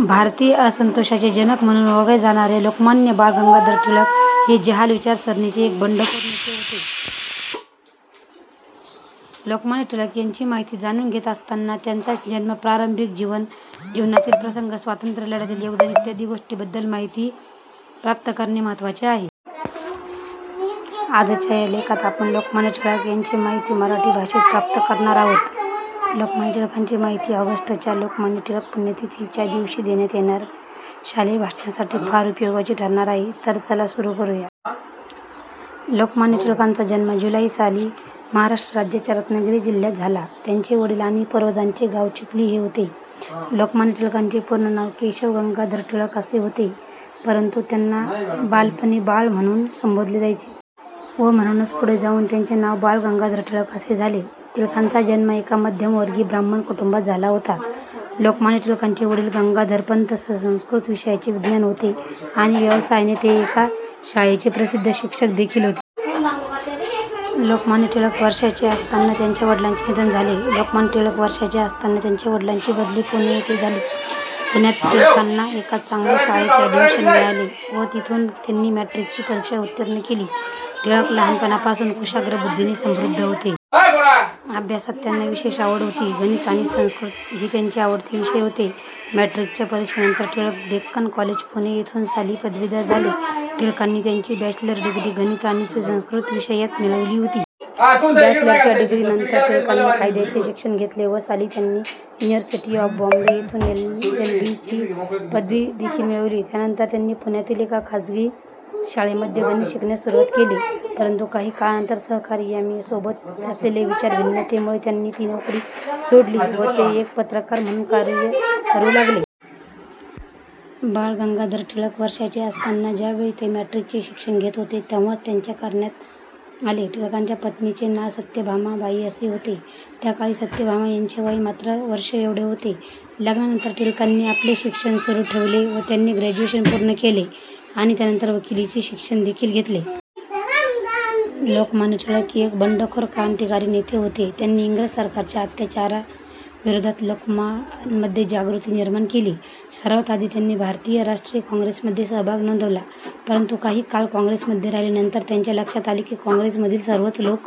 भारतीय असंतोषाचे जनक म्हणून ओळखले जाणारे लोकमान्य बाळ गंगाधर टिळक हे जहाल विचारसरणीचे एक बंडखोर नेते होते. लोकमान्य टिळक यांची माहिती जाणून घेत असताना त्यांचा जन्म प्रारंभिक जीवन जीवनातील प्रसंग स्वातंत्र्य लढ्यातील योगदान इत्यादी गोष्टींबद्दल माहिती प्राप्त करणे महत्त्वाचे आहे. आजच्या या लेखात आपण लोकमान्य टिळक यांची माहिती मराठी भाषेत प्राप्त करणार आहोत. लोकमान्य टिळकांची माहिती ऑगस्ट च्या लोकमान्य टिळक पुण्यतिथीच्या दिवशी देण्यात येणाऱ्या शालेय भाषणासाठी फार उपयोगाची ठरणार आहे. तर चला सुरू करूया. लोकमान्य टिळकांचा जन्म जुलै साली महाराष्ट्र राज्याच्या रत्नागिरी जिल्ह्यात झाला. त्यांचे वडील आणि पूर्वजांचे गाव चिखली हे होते. लोकमान्य टिळकांचे पूर्ण नाव केशव गंगाधर टिळक असे होते. परंतु त्यांना बालपणी बाळ म्हणून संबोधले जायचे. व म्हणूनच पुढे जाऊन त्यांचे नाव बाळ गंगाधर टिळक असे झाले. टिळकांचा जन्म एका मध्यमवर्गीय ब्राह्मण कुटुंबात झाला होता. लोकमान्य टिळकांचे वडील गंगाधरपंत संस्कृत विषयाचे विद्वान होते आणि व्यवसायाने ते एका शाळेचे प्रसिद्ध शिक्षक देखील होते. लोकमान्य टिळक वर्षाचे असताना त्यांच्या वडिलांचे निधन झाले. लोकमान्य टिळक वर्षाचे असताना त्यांच्या वडिलांची बदली पुणे येथे झाली. पुण्यात टिळकांना एका चांगल्या शाळेत ऍडमिशन मिळाले व तिथून त्यांनी मॅट्रिकची परीक्षा उत्तीर्ण केली. टिळक लहानपणापासून कुशाग्र बुद्धीने समृद्ध होते. अभ्यासात त्यांना विशेष आवड होती. गणित आणि संस्कृत हे त्यांचे आवडते विषय होते. मॅट्रिकच्या परीक्षेनंतर टिळक डेक्कन कॉलेज पुणे येथून साली पदवीधर झाले. टिळकांनी त्यांची बॅचलर डिग्री गणित आणि संस्कृती विषयात मिळवली होती. बॅचलरच्या डिग्री नंतर टिळकांनी कायद्याचे शिक्षण घेतले व साली त्यांनी युनिव्हर्सिटी ऑफ बॉम्बे येथून एलएलबी ही लॉ ची पदवीदेखील मिळवली. यानंतर त्यांनी पुण्यातील एका खाजगी शाळेमध्ये गणित शिकवण्यास सुरुवात केली. परंतु काही काळानंतर सहकर्मियांसोबत असलेल्या विचार भिन्नते मुळे त्यांनी ती नोकरी सोडली व ते एक पत्रकार म्हणून कार्य करू लागले. बाळ गंगाधर टिळक वर्षाचे असताना, ज्यावेळी ते मॅट्रिक चे शिक्षण घेत होते तेव्हाच त्यांच्या करण्यात आले. टिळकांच्या पत्नीचे नाव सत्यभामा बाई असे होते. त्याकाळी सत्यभामा यांचे वय मात्र वर्ष एवढे होते. लग्नानंतर टिळकांनी आपले शिक्षण सुरू ठेवले व त्यांनी ग्रॅज्युएशन पूर्ण केले आणि त्यानंतर वकिलीचे शिक्षण देखील घेतले. लोकमान्य टिळक एक बंडखोर क्रांतिकारी नेते होते. त्यांनी इंग्रजी सरकारच्या अत्याचार विरोधात लोकांमध्ये जागृती निर्माण केली. सर्वात आधी त्यांनी भारतीय राष्ट्रीय काँग्रेसमध्ये सहभाग नोंदवला. परंतु काही काळ काँग्रेसमध्ये राहिल्यानंतर त्यांच्या लक्षात आले की काँग्रेस मधील सर्वच लोक